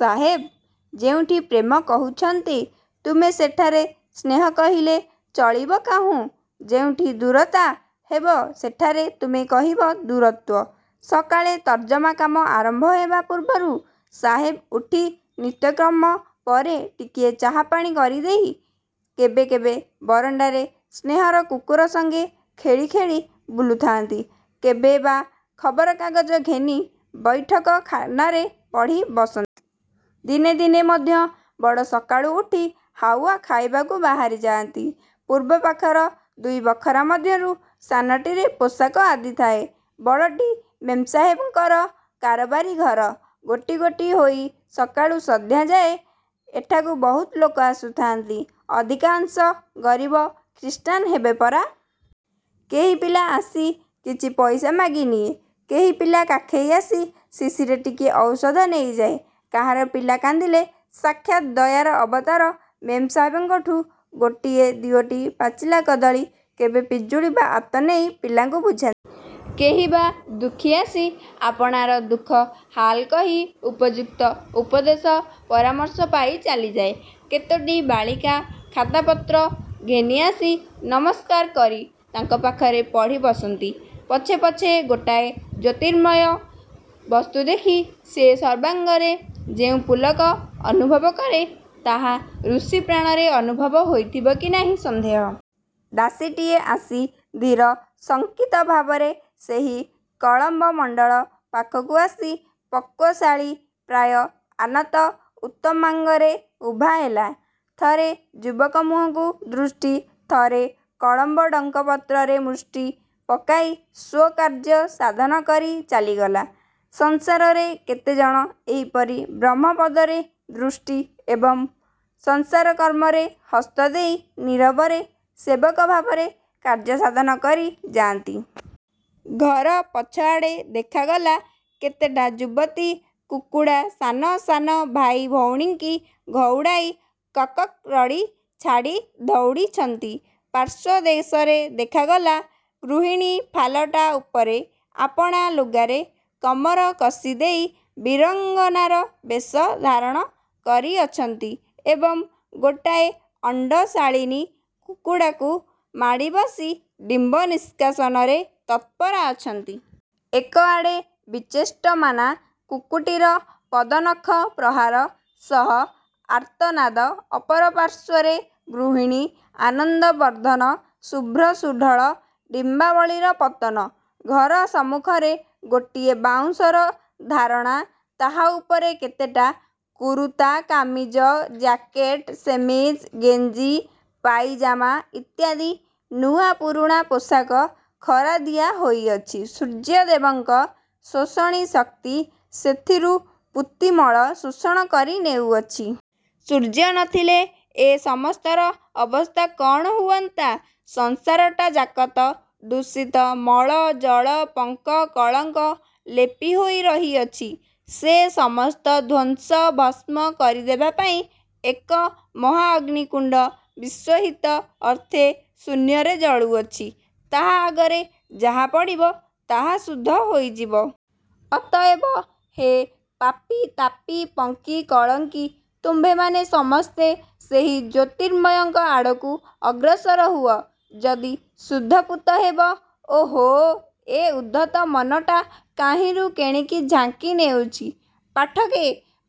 ସାହେବ ଯେଉଁଠି 'ପ୍ରେମ' କହୁଛନ୍ତି, ତୁମେ ସେଠାରେ 'ସ୍ନେହ' କହିଲେ ଚଳିବ କାହୁଁ? ଯେଉଁଠି 'ଦୂରତା' ହେବ-ସେଠାରେ ତୁମେ କହିବ 'ଦୂରତ୍ୱ'? ସକାଳେ ତର୍ଜମା କାମ ଆରମ୍ଭ ହେବା ପୂର୍ବରୁ ସାହେବ ଉଠି ନିତ୍ୟକର୍ମ ପରେ ଟିକିଏ ଚାହା ପାଣି କରିଦେଇ କେବେ କେବେ ବରଣ୍ତାରେ ସ୍ନେହର କୁକୁର ସଙ୍ଗେ ଖେଳି ଖେଳି ବୁଲୁଥାନ୍ତି କେବେ ବା ଖବରକାଗଜ ଘେନି ବୈଠକଖାନାରେ ପଢ଼ି ବସନ୍ତି। ଦିନେ ଦିନେ ମଧ୍ୟ ବଡ଼ ସକାଳୁ ଉଠି ହାଉଆ ଖାଇବାକୁ ବାହାରିଯାନ୍ତି। ପୂର୍ବପାଖର ଦୁଇ ବଖରା ମଧ୍ୟରୁ ସାନଟିରେ ପୋଷାକ ଆଦି ଥାଏ, ବଡ଼ଟି ମେମ୍ସାହେବଙ୍କର କାରବାରି ଘର। ଗୋଟି ଗୋଟି ହୋଇ ସକାଳୁ ସନ୍ଧ୍ୟାଯାଏ ଏଠାକୁ ବହୁତ ଲୋକ ଆସୁଥାନ୍ତି। ଅଧିକାଂଶ ଗରୀବ-ଖ୍ରୀଷ୍ଟାନ ହେବେ ପରା! କେହି ପିଲା ଆସି କିଛି ପଇସା ମାଗି ନିଏ କେହି ପିଲା କାଖେଇ ଆସି ଶିଶିରେ ଟିକିଏ ଔଷଧ ନେଇଯାଏ। କାହାର ପିଲା କାନ୍ଦିଲେ ସାକ୍ଷାତ୍ ଦୟାର ଅବତାର ମେମ ସାହେବଙ୍କଠୁଁ ଗୋଟିଏ ଦିଓଟି ପାଚିଲା କଦଳୀ କେବେ ପିଜୁଳି ବା ଆତ ନେଇ ପିଲାଙ୍କୁ ବୁଝାନ୍ତି। କେହି ବା ଦୁଃଖୀ ଆସି ଆପଣାର ଦୁଃଖ ହାଲ କହି ଉପଯୁକ୍ତ ଉପଦେଶ ପରାମର୍ଶ ପାଇ ଚାଲିଯାଏ। କେତୋଟି ବାଳିକା ଖାତାପତ୍ର ଘେନି ଆସି ନମସ୍କାର କରି ତାଙ୍କ ପାଖରେ ପଢ଼ି ବସନ୍ତି। ପଛେ ପଛେ ଗୋଟାଏ ଜ୍ୟୋତିର୍ମୟ ବସ୍ତୁ ଦେଖି ସେ ସର୍ବାଙ୍ଗରେ ଯେଉଁ ପୁଲକ ଅନୁଭବ କରେ, ତାହା ଋଷିପ୍ରାଣରେ ଅନୁଭବ ହୋଇଥିବ କି ନାହିଁ ସନ୍ଦେହ। ଦାସୀଟିଏ ଆସି ଧୀର ଶଙ୍କିତଭାବରେ ସେହି କଳମ୍ବ-ମଣ୍ତଳ ପାଖକୁ ଆସି ପକ୍ୱଶାଳି ପ୍ରାୟ ଆନତ ଉତ୍ତମାଙ୍ଗରେ ଉଭା ହେଲା। ଥରେ ଯୁବକ ମୁହଁକୁ ଦୃଷ୍ଟି, ଥରେ କଳମ୍ବ ଡଙ୍କ ପତ୍ରରେ ମୁଷ୍ଟି ପକାଇ ସ୍ୱକାର୍ଯ୍ୟ ସାଧନ କରି ଚାଲିଗଲା। ସଂସାରରେ କେତେଜଣ ଏହିପରି ବ୍ରହ୍ମପଦରେ ଦୃଷ୍ଟି ଏବଂ ସଂସାରକର୍ମରେ ହସ୍ତ ଦେଇ ନୀରବରେ ସେବକଭାବରେ କାର୍ଯ୍ୟ ସାଧନ କରି ଯାନ୍ତି! ଘର ପଛଆଡ଼େ ଦେଖାଗଲା, କେତେଟା ଯୁବତୀ କୁକୁଡ଼ା ସାନ ସାନ ଭାଇ ଭଉଣୀଙ୍କି ଘଉଡ଼ାଇ କକ୍କକ୍ ରଡ଼ି ଛାଡ଼ି ଦଉଡ଼ିଛନ୍ତି। ପାର୍ଶ୍ୱଦେଶରେ ଦେଖାଗଲା, ଗୃହିଣୀ ଫାଲଟା ଉପରେ ଆପଣା ଲୁଗାରେ କମର କଷିଦେଇ ବୀରାଙ୍ଗନାର ବେଶ ଧାରଣ କରିଅଛନ୍ତି ଏବଂ ଗୋଟାଏ ଅଣ୍ତଶାଳିନୀ କୁକୁଡ଼ାକୁ ମାଡ଼ି ବସି ଡିମ୍ବ ନିଷ୍କାଶନରେ ତତ୍ପରା ଅଛନ୍ତି। ଏକଆଡ଼େ ବିଚେଷ୍ଟମାନା କୁକ୍କୁଟୀର ପଦନଖପ୍ରହାର ସହ ଆର୍ତ୍ତନାଦ ଅପରପାର୍ଶ୍ୱରେ ଗୃହିଣୀ-ଆନନ୍ଦବର୍ଦ୍ଧନ ଶୁଭ୍ର ସୁଢଳ ଡିମ୍ବାବଳୀର ପତନ। ଘର ସମ୍ମୁଖରେ ଗୋଟିଏ ବାଉଁଶର ଧାରଣା ତାହା ଉପରେ କେତେଟା କୁରୁତା-କାମିଜ-ଜ୍ୟାକେଟ-ଶେମିଜ୍-ଗେଞ୍ଜି-ପାଇଜାମା ଇତ୍ୟାଦି ନୂଆ ପୁରୁଣା ପୋଷାକ ଖରା ଦିଆ ହୋଇଅଛି। ସୂର୍ଯ୍ୟଦେବଙ୍କ ଶୋଷଣୀ ଶକ୍ତି ସେଥିରୁ ପୂତିମଳ ଶୋଷଣ କରି ନେଉଅଛି। ସୂର୍ଯ୍ୟ ନ ଥିଲେ ଏ ସମସ୍ତର ଅବସ୍ଥା କଣ ହୁଅନ୍ତା! ସଂସାରଟା ଯାକ ତ ଦୂଷିତ ମଳ-ଜଳ-ପଙ୍କ-କଳଙ୍କ ଲେପି ହୋଇ ରହିଅଛି। ସେ ସମସ୍ତ ଧ୍ୱଂସ-ଭସ୍ମ କରିଦେବାପାଇଁ ଏକ ମହାଅଗ୍ନିକୁଣ୍ଡ ବିଶ୍ୱହିତ ଅର୍ଥେ ଶୂନ୍ୟରେ ଜଳୁଅଛି। ତାହା ଆଗରେ ଯାହା ପଡିବ, ତାହା ଶୁଦ୍ଧ ହୋଇଯିବ। ଅତଏବ ହେ ପାପୀ-ତାପୀ-ପଙ୍କୀ-କଳଙ୍କୀ, ତୁମ୍ଭେମାନେ ସମସ୍ତେ ସେହି ଜ୍ୟୋତିର୍ମୟଙ୍କ ଆଡ଼କୁ ଅଗ୍ରସର ହୁଅ ଯଦି ଶୁଦ୍ଧ ପୂତ ହେବ। ଓହୋ! ଏ ଉଦ୍ଧତ ମନଟା କାହିଁରୁ କେଣିକି ଝାଙ୍କି ନେଉଛି। ପାଠକେ,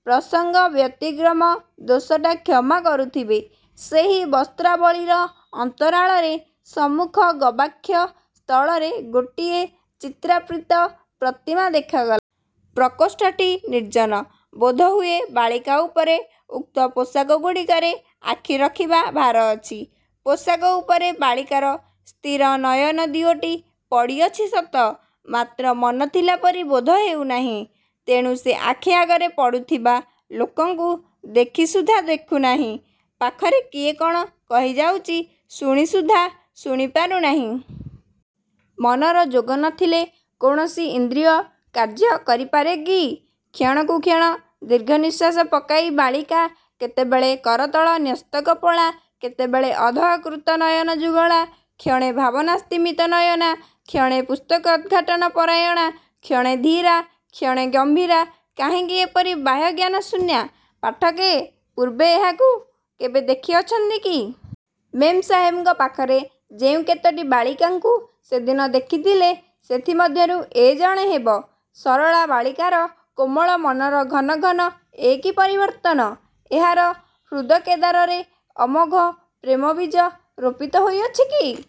ପ୍ରସଙ୍ଗବ୍ୟତିକ୍ରମ ଦୋଷଟା କ୍ଷମା କରୁଥିବେ। ସେହି ବସ୍ତ୍ରାବଳୀର ଅନ୍ତରାଳରେ ସମ୍ମୁଖ ଗବାକ୍ଷ ସ୍ଥଳରେ ଗୋଟିଏ ଚିତ୍ରାର୍ପିତ ପ୍ରତିମା ଦେଖାଗଲା। ପ୍ରକୋଷ୍ଠଟି ନିର୍ଜନ, ବୋଧହୁଏ ବାଳିକା ଉପରେ ଉକ୍ତ ପୋଷାକଗୁଡ଼ିକରେ ଆଖି ରଖିବା ଭାର ଅଛି। ପୋଷାକ ଉପରେ ବାଳିକାର ସ୍ଥିର ନୟନ ଦିଓଟି ପଡ଼ିଅଛି ସତ, ମାତ୍ର ମନ ଥିଲା ପରି ବୋଧ ହେଉ ନାହିଁ। ତେଣୁ ସେ ଆଖି ଆଗରେ ପଡ଼ୁଥିବା ଲୋକଙ୍କୁ ଦେଖି ସୁଦ୍ଧା ଦେଖୁ ନାହିଁ ପାଖରେ କିଏ କଣ କହିଯାଉଛି, ଶୁଣି ସୁଦ୍ଧା ଶୁଣି ପାରୁ ନାହିଁ। ମନର ଯୋଗ ନଥିଲେ କୌଣସି ଇନ୍ଦ୍ରିୟ କାର୍ଯ୍ୟ କରି ପାରେ କି? କ୍ଷଣକୁକ୍ଷଣ ଦୀର୍ଘନିଶ୍ୱାସ ପକାଇ ବାଳିକା କେତେବେଳେ କରତଳନ୍ୟସ୍ତକପୋଳା, କେତେବେଳେ ଅଧଃକୃତନୟନଯୁଗଳା, କ୍ଷଣେ ଭାବନାସ୍ତିମିତନୟନା, କ୍ଷଣେ ପୁସ୍ତକୋଦ୍ଘାଟନପରାୟଣା, କ୍ଷଣେ ଧୀରା, କ୍ଷଣେ ଗମ୍ଭୀରା। କାହିଁକି ଏପରି ବାହ୍ୟଜ୍ଞାନଶୂନ୍ୟା? ପାଠକେ! ପୂର୍ବେ ଏହାକୁ କେବେ ଦେଖିଅଛନ୍ତି କି? ମେମ୍ସାହେବଙ୍କ ପାଖରେ ଯେଉଁ କେତୋଟି ବାଳିକାଙ୍କୁ ସେଦିନ ଦେଖିଥିଲେ, ସେଥି ମଧ୍ୟରୁ ଏ ଜଣେ ହେବ! ସରଳା ବାଳିକାର କୋମଳ ମନର ଘନ ଘନ ଏ କି ପରିବର୍ତ୍ତନ! ଏହାର ହୃଦକେଦାରରେ ଅମୋଘ ପ୍ରେମବୀଜ ରୋପିତ ହୋଇଅଛି କି?